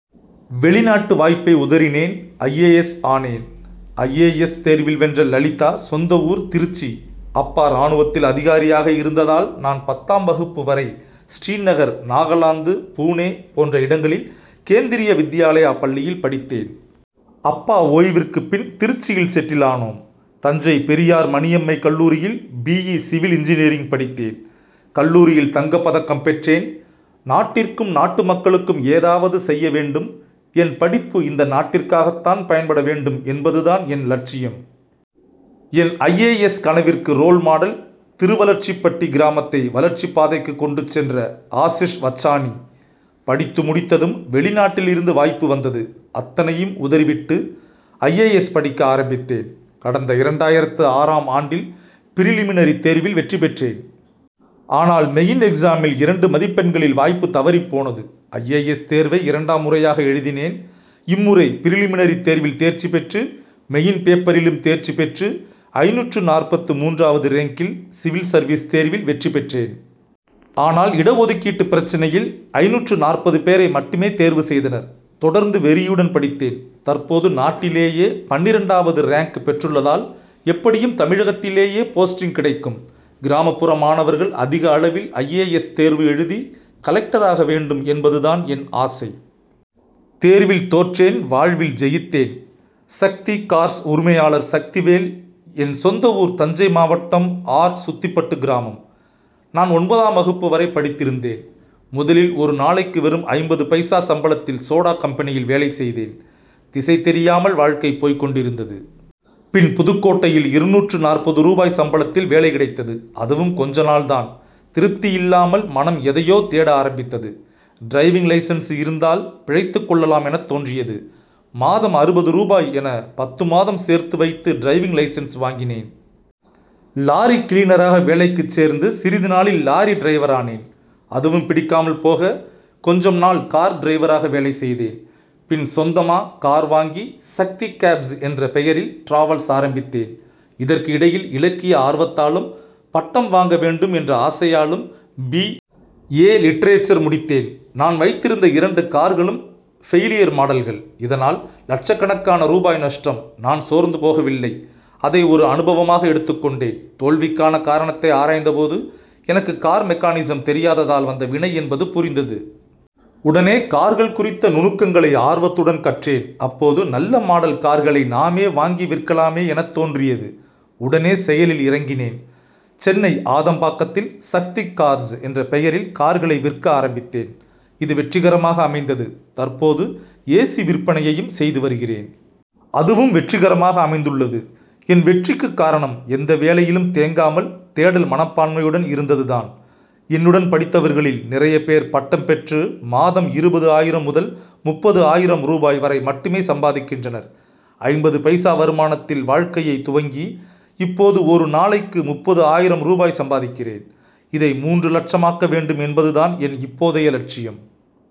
வெளிநாட்டு வாய்ப்பை உதறினேன் ஐ. ஏ. எஸ். ஆனேன்! ஐ. ஏ. எஸ். தேர்வில் வென்ற லலிதா சொந்த ஊர் திருச்சி. அப்பா ராணுவத்தில் அதிகாரியாக இருந்ததால் நான் பத்தாம் வகுப்பு வரை ஸ்ரீநகர் நாகலாந்து புனே போன்ற இடங்களில் கேந்திரிய வித்யாலயா பள்ளியில் படித்தேன். அப்பா ஓய்விற்குப் பின் திருச்சியில் செட்டில் ஆனோம். தஞ்சை பெரியார் மணியம்மை கல்லூரியில் பி. இ. சிவில் இன்ஜினியரிங் படித்தேன். கல்லூரியில் தங்கப் பதக்கம் பெற்றேன். நாட்டிற்கும் நாட்டு மக்களுக்கும் ஏதாவது செய்ய வேண்டும். என் படிப்பு இந்த நாட்டிற்காகத்தான் பயன்பட வேண்டும் என்பதுதான் என் லட்சியம். என் ஐ. ஏ. எஸ். கனவிற்கு ரோல் மாடல் திருவளர்ச்சிப்பட்டி கிராமத்தை வளர்ச்சிப் பாதைக்கு கொண்டு சென்ற ஆசிஷ் வச்சானி. படித்து முடித்ததும் வெளிநாட்டில் இருந்து வாய்ப்பு வந்தது. அத்தனையும் உதறிவிட்டு ஐ. ஏ. எஸ். படிக்க ஆரம்பித்தேன். கடந்த இரண்டாயிரத்து ஆறாம் ஆண்டில் பிரிலிமினரி தேர்வில் வெற்றி பெற்றேன். ஆனால் மெயின் எக்சாமில் இரண்டு மதிப்பெண்களில் வாய்ப்பு தவறிப் போனது. ஐ. ஏ. எஸ். தேர்வை இரண்டாம் முறையாக எழுதினேன். இம்முறை பிரிலிமினரி தேர்வில் தேர்ச்சி பெற்று மெயின் பேப்பரிலும் தேர்ச்சி பெற்று ஐந்நூற்று நாற்பத்து மூன்றாவது ரேங்கில் சிவில் சர்வீஸ் தேர்வில் வெற்றி பெற்றேன். ஆனால் இட ஒதுக்கீட்டு பிரச்னையில் ஐந்நூற்று நாற்பது பேரை மட்டுமே தேர்வு செய்தனர். தொடர்ந்து வெறியுடன் படித்தேன். தற்போது நாட்டிலேயே பன்னிரண்டாவது ரேங்க் பெற்றுள்ளதால் எப்படியும் தமிழகத்திலேயே போஸ்டிங் கிடைக்கும். கிராமப்புற மாணவர்கள் அதிக அளவில் ஐ. ஏ. எஸ். தேர்வு எழுதி கலெக்டராக வேண்டும் என்பதுதான் என் ஆசை. தேர்வில் தோற்றேன் வாழ்வில் ஜெயித்தேன்! சக்தி கார்ஸ் உரிமையாளர் சக்திவேல் என் சொந்த ஊர் தஞ்சை மாவட்டம் ஆர். சுத்திப்பட்டு கிராமம். நான் ஒன்பதாம் வகுப்பு வரை படித்திருந்தேன். முதலில் ஒரு நாளைக்கு வெறும் ஐம்பது பைசா சம்பளத்தில் சோடா கம்பெனியில் வேலை செய்தேன். திசை தெரியாமல் வாழ்க்கை போய் கொண்டிருந்தது. பின் புதுக்கோட்டையில் இருநூற்று நாற்பது ரூபாய் சம்பளத்தில் வேலை கிடைத்தது. அதுவும் கொஞ்ச நாள் தான். திருப்தியில்லாமல் மனம் எதையோ தேட ஆரம்பித்தது. டிரைவிங் லைசென்சு இருந்தால் பிழைத்துக் கொள்ளலாம் எனத் தோன்றியது. மாதம் அறுபது ரூபாய் என பத்து மாதம் சேர்த்து வைத்து டிரைவிங் லைசென்ஸ் வாங்கினேன். லாரி கிளீனராக வேலைக்கு சேர்ந்து சிறிது நாளில் லாரி டிரைவரானேன். அதுவும் பிடிக்காமல் போக கொஞ்சம் நாள் கார் டிரைவராக வேலை செய்தேன். பின் சொந்தமா கார் வாங்கி சக்தி கேப்ஸ் என்ற பெயரில் டிராவல்ஸ் ஆரம்பித்தேன். இதற்கு இடையில் இலக்கிய ஆர்வத்தாலும் பட்டம் வாங்க வேண்டும் என்ற ஆசையாலும் பி. ஏ. லிட்ரேச்சர் முடித்தேன். நான் வைத்திருந்த இரண்டு கார்களும் பெயிலியர் மாடல்கள். இதனால் லட்சக்கணக்கான ரூபாய் நஷ்டம். நான் சோர்ந்து போகவில்லை. அதை ஒரு அனுபவமாக எடுத்துக் கொண்டேன். தோல்விக்கான காரணத்தை ஆராய்ந்த போது எனக்கு கார் மெக்கானிசம் தெரியாததால் வந்த வினை என்பது புரிந்தது. உடனே கார்கள் குறித்த நுணுக்கங்களை ஆர்வத்துடன் கற்றேன். அப்போது நல்ல மாடல் கார்களை நாமே வாங்கி விற்கலாமே எனத் தோன்றியது. உடனே செயலில் இறங்கினேன். சென்னை ஆதம்பாக்கத்தில் சக்தி கார்ஸ் என்ற பெயரில் கார்களை விற்க ஆரம்பித்தேன். இது வெற்றிகரமாக அமைந்தது. தற்போது ஏசி விற்பனையையும் செய்து வருகிறேன். அதுவும் வெற்றிகரமாக அமைந்துள்ளது. என் வெற்றிக்கு காரணம் எந்த வேலையிலும் தேங்காமல் தேடல் மனப்பான்மையுடன் இருந்ததுதான். என்னுடன் படித்தவர்களில் நிறைய பேர் பட்டம் பெற்று மாதம் இருபது ஆயிரம் முதல் முப்பது ஆயிரம் ரூபாய் வரை மட்டுமே சம்பாதிக்கின்றனர். ஐம்பது பைசா வருமானத்தில் வாழ்க்கையை துவங்கி இப்போது ஒரு நாளைக்கு முப்பது ஆயிரம் ரூபாய் சம்பாதிக்கிறேன். இதை மூன்று லட்சமாக்க வேண்டும் என்பதுதான் என் இப்போதைய லட்சியம்.